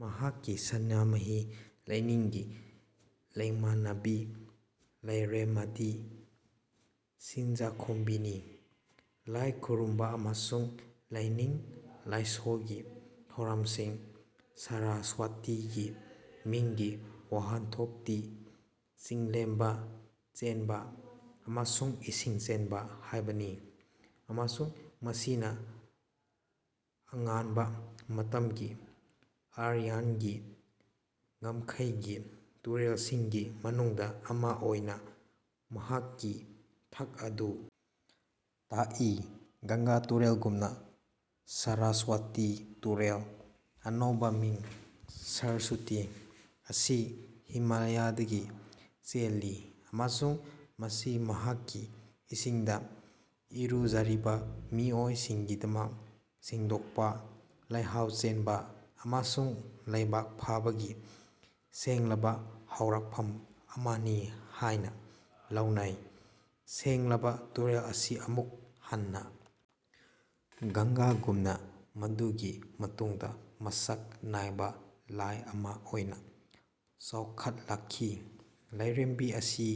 ꯃꯍꯥꯛꯀꯤ ꯁꯅꯥꯃꯍꯤ ꯂꯥꯢꯅꯤꯡꯒꯤ ꯂꯦꯡꯃꯥꯟꯅꯕꯤ ꯂꯥꯢꯔꯦꯝꯃꯗꯤ ꯁꯤꯡꯖꯥꯈꯣꯝꯕꯤꯅꯤ꯫ ꯂꯥꯏ ꯈꯨꯔꯨꯝꯕ ꯑꯃꯁꯨꯡ ꯂꯥꯏꯅꯤꯡ-ꯂꯥꯏꯁꯣꯜꯒꯤ ꯊꯧꯔꯝꯁꯤꯡ ꯁꯔꯁ꯭ꯋꯇꯤꯒꯤ ꯃꯤꯡꯒꯤ ꯋꯥꯍꯟꯊꯣꯛꯇꯤ 'ꯆꯤꯡꯂꯦꯝꯕ', 'ꯆꯦꯟꯕ', ꯑꯃꯁꯨꯡ 'ꯏꯁꯤꯡ ꯆꯦꯟꯕ' ꯍꯥꯏꯕꯅꯤ ꯑꯃꯁꯨꯡ ꯃꯁꯤꯅ ꯑꯉꯟꯕ ꯃꯇꯝꯒꯤ ꯑꯥꯔꯌꯟꯒꯤ ꯉꯝꯈꯩꯒꯤ ꯇꯨꯔꯦꯜꯁꯤꯡꯒꯤ ꯃꯅꯨꯡꯗ ꯑꯃ ꯑꯣꯏꯅ ꯃꯍꯥꯛꯀꯤ ꯊꯥꯛ ꯑꯗꯨ ꯇꯥꯛꯏ꯫ ꯒꯪꯒꯥ ꯇꯨꯔꯦꯜꯒꯨꯝꯅ ꯁꯔꯁ꯭ꯋꯇꯤ ꯇꯨꯔꯦꯜ (ꯑꯅꯧꯕ ꯃꯤꯡ: ꯁꯔꯁꯨꯇꯤ) ꯑꯁꯤ ꯍꯤꯃꯥꯂ꯭ꯌꯥꯗꯒꯤ ꯆꯦꯜꯂꯤ ꯑꯃꯁꯨꯡ ꯃꯁꯤ ꯃꯍꯥꯛꯀꯤ ꯏꯁꯤꯡꯗ ꯏꯔꯨꯖꯔꯤꯕ ꯃꯤꯑꯣꯏꯁꯤꯡꯒꯤꯗꯃꯛ ꯁꯦꯡꯗꯣꯛꯄ, ꯂꯩꯍꯥꯎ ꯆꯦꯟꯕ ꯑꯃꯁꯨꯡ ꯂꯥꯏꯕꯛ ꯐꯕꯒꯤ ꯁꯦꯡꯂꯕ ꯍꯧꯔꯛꯐꯝ ꯑꯃꯅꯤ ꯍꯥꯏꯅ ꯂꯧꯅꯩ꯫ ꯁꯦꯡꯂꯕ ꯇꯨꯔꯦꯜ ꯑꯁꯤ ꯑꯃꯨꯛ ꯍꯟꯅ ꯒꯪꯒꯥꯒꯨꯝꯅ ꯃꯗꯨꯒꯤ ꯃꯇꯨꯡꯗ ꯃꯁꯛ ꯅꯥꯏꯕ ꯂꯥꯏ ꯑꯃ ꯑꯣꯏꯅ ꯆꯥꯎꯈꯠꯂꯛꯈꯤ꯫ ꯂꯥꯏꯔꯦꯝꯕꯤ ꯑꯁꯤ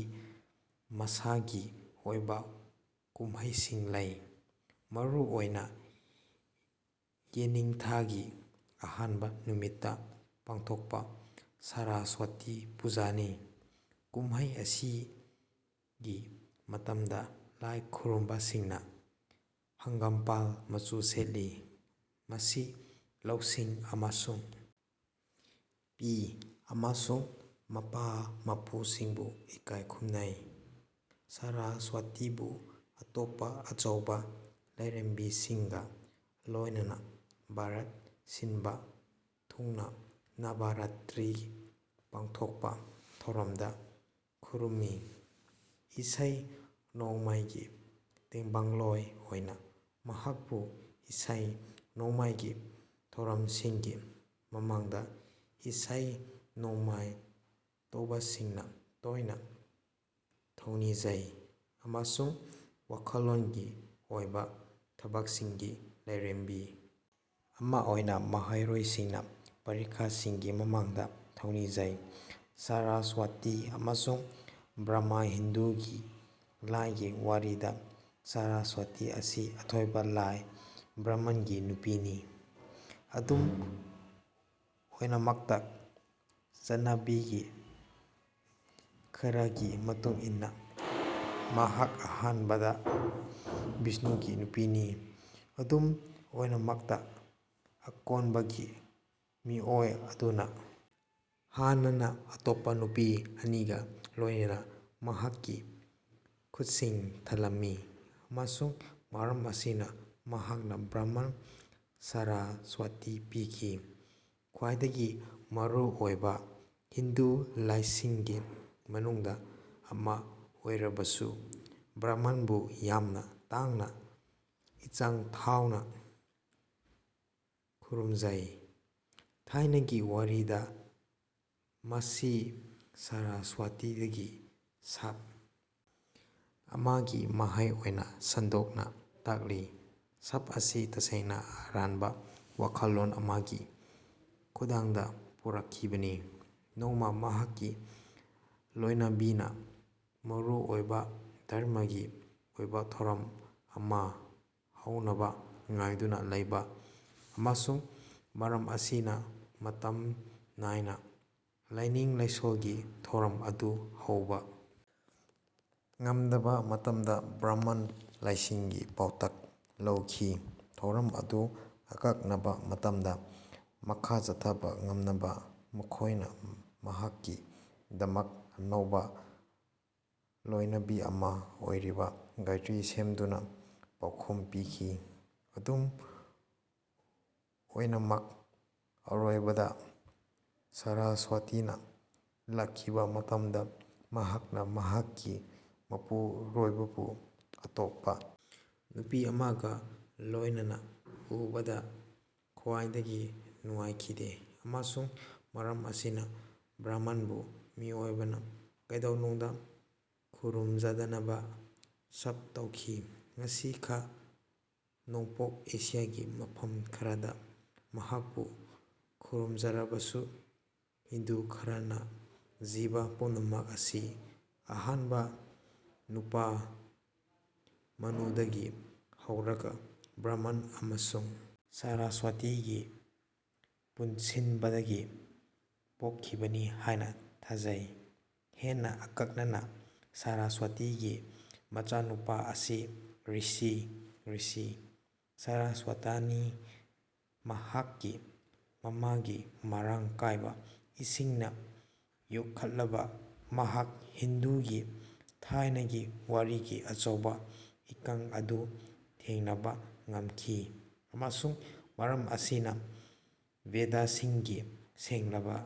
ꯃꯁꯥꯒꯤ ꯑꯣꯏꯕ ꯀꯨꯝꯍꯩꯁꯤꯡ ꯂꯩ, ꯃꯔꯨꯑꯣꯏꯅ ꯌꯦꯅꯤꯡꯊꯥꯒꯤ ꯑꯍꯥꯟꯕ ꯅꯨꯃꯤꯠꯇ ꯄꯥꯡꯊꯣꯛꯄ ꯁꯔꯁ꯭ꯋꯇꯤ ꯄꯨꯖꯥꯅꯤ꯫ ꯀꯨꯝꯃꯩ ꯑꯁꯤꯒꯤ ꯃꯇꯝꯗ ꯂꯥꯏ ꯈꯨꯔꯨꯝꯕꯁꯤꯡꯅ ꯍꯪꯒꯥꯝꯄꯥꯜ ꯃꯆꯨ ꯁꯦꯠꯂꯤ꯫ ꯃꯁꯤ ꯂꯧꯁꯤꯡ ꯑꯃꯁꯨꯡ ꯄꯤ, ꯑꯃꯁꯨꯡ ꯃꯄꯥ-ꯃꯄꯨꯁꯤꯡꯕꯨ ꯏꯀꯥꯏ ꯈꯨꯝꯅꯩ꯫ ꯁꯔꯁ꯭ꯋꯇꯤꯕꯨ ꯑꯇꯣꯞꯄ ꯑꯆꯧꯕ ꯂꯥꯏꯔꯦꯝꯕꯤꯁꯤꯡꯒ ꯂꯣꯏꯅꯅ ꯚꯥꯔꯠ ꯁꯤꯟꯕ ꯊꯨꯡꯅ ꯅꯕꯔꯥꯇ꯭ꯔꯤ ꯄꯥꯡꯊꯣꯛꯄ ꯊꯧꯔꯝꯗ ꯈꯨꯔꯨꯝꯃꯤ꯫ ꯏꯁꯩ-ꯅꯣꯡꯃꯥꯏꯒꯤ ꯇꯦꯡꯕꯥꯡꯂꯣꯏ ꯑꯣꯏꯅ, ꯃꯍꯥꯛꯄꯨ ꯏꯁꯩ-ꯅꯣꯡꯃꯥꯏꯒꯤ ꯊꯧꯔꯝꯁꯤꯡꯒꯤ ꯃꯃꯥꯡꯗ ꯏꯁꯩ-ꯅꯣꯡꯃꯥꯏ ꯇꯧꯕꯁꯤꯡꯅ ꯇꯣꯏꯅ ꯊꯧꯅꯤꯖꯩ ꯑꯃꯁꯨꯡ ꯋꯥꯈꯜꯂꯣꯟꯒꯤ ꯑꯣꯏꯕ ꯊꯕꯛꯁꯤꯡꯒꯤ ꯂꯥꯏꯔꯦꯝꯕꯤ ꯑꯃ ꯑꯣꯏꯅ ꯃꯍꯩꯔꯣꯏꯁꯤꯡꯅ ꯄꯔꯤꯈꯥꯁꯤꯡꯒꯤ ꯃꯃꯥꯡꯗ ꯊꯧꯅꯤꯖꯩ꯫ ꯁꯔꯁ꯭ꯋꯇꯤ ꯑꯃꯁꯨꯡ ꯕ꯭ꯔꯍꯃ ꯍꯤꯟꯗꯨꯒꯤ ꯂꯥꯏꯒꯤ ꯋꯥꯔꯤꯗ, ꯁꯔꯁ꯭ꯋꯇꯤ ꯑꯁꯤ ꯑꯊꯣꯏꯕ ꯂꯥꯏ ꯕ꯭ꯔꯍꯃꯟꯒꯤ ꯅꯨꯄꯤꯅꯤ꯫ ꯑꯗꯨꯝ ꯑꯣꯏꯅꯃꯛꯇ ꯆꯠꯅꯕꯤꯒꯤ ꯈꯔꯒꯤ ꯃꯇꯨꯡ ꯏꯟꯅ ꯃꯍꯥꯛ ꯑꯍꯥꯟꯕꯗ ꯕꯤꯁꯅꯨꯒꯤ ꯅꯨꯄꯤꯅꯤ꯫ ꯑꯗꯨꯝ ꯑꯣꯏꯅꯃꯛ ꯑꯀꯣꯟꯕꯒꯤ ꯃꯤꯑꯣꯏ ꯑꯗꯨꯅ ꯍꯥꯟꯅꯅ ꯑꯇꯣꯞꯄ ꯅꯨꯄꯤ ꯑꯅꯤꯒ ꯂꯣꯏꯅꯅ ꯃꯍꯥꯛꯀꯤ ꯈꯨꯠꯁꯤꯡ ꯊꯜꯂꯝꯃꯤ ꯑꯃꯁꯨꯡ ꯃꯔꯝ ꯑꯁꯤꯅ ꯃꯍꯥꯛꯅ ꯕ꯭ꯔꯍꯃꯟ ꯁꯔꯁ꯭ꯋꯇꯤ ꯄꯤꯈꯤ꯫ ꯈ꯭ꯋꯥꯏꯗꯒꯤ ꯃꯔꯨꯑꯣꯏꯕ ꯍꯤꯟꯗꯨ ꯂꯥꯏꯁꯤꯡꯒꯤ ꯃꯅꯨꯡꯗ ꯑꯃꯥ ꯑꯣꯏꯔꯕꯁꯨ, ꯕ꯭ꯔꯍꯃꯟꯕꯨ ꯌꯥꯝꯅ ꯇꯥꯡꯅ ꯏꯆꯪ ꯊꯥꯎꯅ ꯈꯨꯔꯨꯝꯖꯩ꯫ ꯊꯥꯏꯅꯒꯤ ꯋꯥꯔꯤꯗ ꯃꯁꯤ ꯁꯔꯁ꯭ꯋꯇꯤꯗꯒꯤ ꯁꯥꯞ ꯑꯃꯒꯤ ꯃꯍꯩ ꯑꯣꯏꯅ ꯁꯟꯗꯣꯛꯅ ꯇꯥꯛꯂꯤ꯫ ꯁꯥꯞ ꯑꯁꯤ ꯇꯁꯦꯡꯅ ꯑꯔꯥꯟꯕ ꯋꯥꯈꯜꯂꯣꯟ ꯑꯃꯒꯤ ꯈꯨꯠꯗꯥꯡꯗ ꯄꯨꯔꯛꯈꯤꯕꯅꯤ꯫ ꯅꯣꯡꯃ ꯃꯍꯥꯛꯀꯤ ꯂꯣꯏꯅꯕꯤꯅ ꯃꯔꯨꯑꯣꯏꯕ ꯙꯔꯃꯒꯤ ꯑꯣꯏꯕ ꯊꯧꯔꯝ ꯑꯃ ꯍꯧꯅꯕ ꯉꯥꯏꯗꯨꯅ ꯂꯩꯕ ꯑꯃꯁꯨꯡ ꯃꯔꯝ ꯑꯁꯤꯅ ꯃꯇꯝ ꯅꯥꯏꯅ ꯂꯥꯏꯅꯤꯡ-ꯂꯥꯏꯁꯣꯜꯒꯤ ꯊꯧꯔꯝ ꯑꯗꯨ ꯍꯧꯕ ꯉꯝꯗꯕ ꯃꯇꯝꯗ, ꯕ꯭ꯔꯍꯃꯟ ꯂꯥꯏꯁꯤꯡꯒꯤ ꯄꯥꯎꯇꯥꯛ ꯂꯧꯈꯤ꯫ ꯊꯧꯔꯝ ꯑꯗꯨ ꯑꯀꯛꯅꯕ ꯃꯇꯝꯗ ꯃꯈꯥ ꯆꯠꯊꯕ ꯉꯝꯅꯕ ꯃꯈꯣꯏꯅ ꯃꯍꯥꯛꯀꯤꯗꯃꯛ ꯑꯅꯧꯕ ꯂꯣꯏꯅꯕꯤ ꯑꯃ ꯑꯣꯏꯔꯤꯕ ꯒꯥꯏꯇ꯭ꯔꯤ ꯁꯦꯝꯗꯨꯅ ꯄꯥꯎꯈꯨꯝ ꯄꯤꯈꯤ꯫ ꯑꯗꯨꯝ ꯑꯣꯏꯅꯃꯛ ꯑꯔꯣꯏꯕꯗ ꯁꯔꯁ꯭ꯋꯇꯤꯅ ꯂꯥꯛꯈꯤꯕ ꯃꯇꯝꯗ ꯃꯍꯥꯛꯅ ꯃꯍꯥꯛꯀꯤ ꯃꯄꯨꯔꯣꯏꯕꯕꯨ ꯑꯇꯣꯞꯄ ꯅꯨꯄꯤ ꯑꯃꯒ ꯂꯣꯏꯅꯅ ꯎꯕꯗ ꯈ꯭ꯋꯥꯏꯗꯒꯤ ꯅꯨꯡꯉꯥꯏꯈꯤꯗꯦ ꯑꯃꯁꯨꯡ ꯃꯔꯝ ꯑꯁꯤꯅ ꯕ꯭ꯔꯍꯃꯟꯕꯨ ꯃꯤꯑꯣꯏꯕꯅ ꯀꯩꯗꯧꯅꯨꯡꯗ ꯈꯨꯔꯨꯝꯖꯗꯅꯕ ꯁꯥꯞ ꯇꯧꯈꯤ (ꯉꯁꯤ ꯈꯥ-ꯅꯣꯡꯄꯣꯛ ꯑꯦꯁꯤꯌꯥꯒꯤ ꯃꯐꯝ ꯈꯔꯗ ꯃꯍꯥꯛꯄꯨ ꯈꯨꯔꯨꯝꯖꯔꯕꯁꯨ)꯫ ꯍꯤꯟꯗꯨ ꯈꯔꯅ ꯖꯤꯕ ꯄꯨꯝꯅꯃꯛ ꯑꯁꯤ ꯑꯍꯥꯟꯕ ꯅꯨꯄꯥ ꯃꯅꯨꯗꯒꯤ ꯍꯧꯔꯒ ꯕ꯭ꯔꯍꯃꯟ ꯑꯃꯁꯨꯡ ꯁꯔꯁ꯭ꯋꯇꯤꯒꯤ ꯄꯨꯟꯁꯤꯟꯕꯗꯒꯤ ꯄꯣꯛꯈꯤꯕꯅꯤ ꯍꯥꯏꯅ ꯊꯥꯖꯩ꯫ ꯍꯦꯟꯅ ꯑꯀꯛꯅꯅ, ꯁꯔꯁ꯭ꯋꯇꯤꯒꯤ ꯃꯆꯥꯅꯨꯄꯥ ꯑꯁꯤ ꯔꯤꯁꯤ (ꯔꯤꯁꯤ) ꯁꯔꯁ꯭ꯋꯇꯅꯤ꯫ ꯃꯍꯥꯛꯀꯤ ꯃꯃꯥꯒꯤ ꯃꯔꯥꯡ ꯀꯥꯏꯕ ꯏꯁꯤꯡꯅ ꯌꯣꯛꯈꯠꯂꯕ ꯃꯍꯥꯛ ꯍꯤꯟꯗꯨꯒꯤ ꯊꯥꯏꯅꯒꯤ ꯋꯥꯔꯤꯒꯤ ꯑꯆꯧꯕ ꯏꯀꯪ ꯑꯗꯨ ꯊꯦꯡꯅꯕ ꯉꯝꯈꯤ ꯑꯃꯁꯨꯡ ꯃꯔꯝ ꯑꯁꯤꯅ ꯕꯦꯗꯁꯤꯡꯒꯤ ꯁꯦꯡꯂꯕ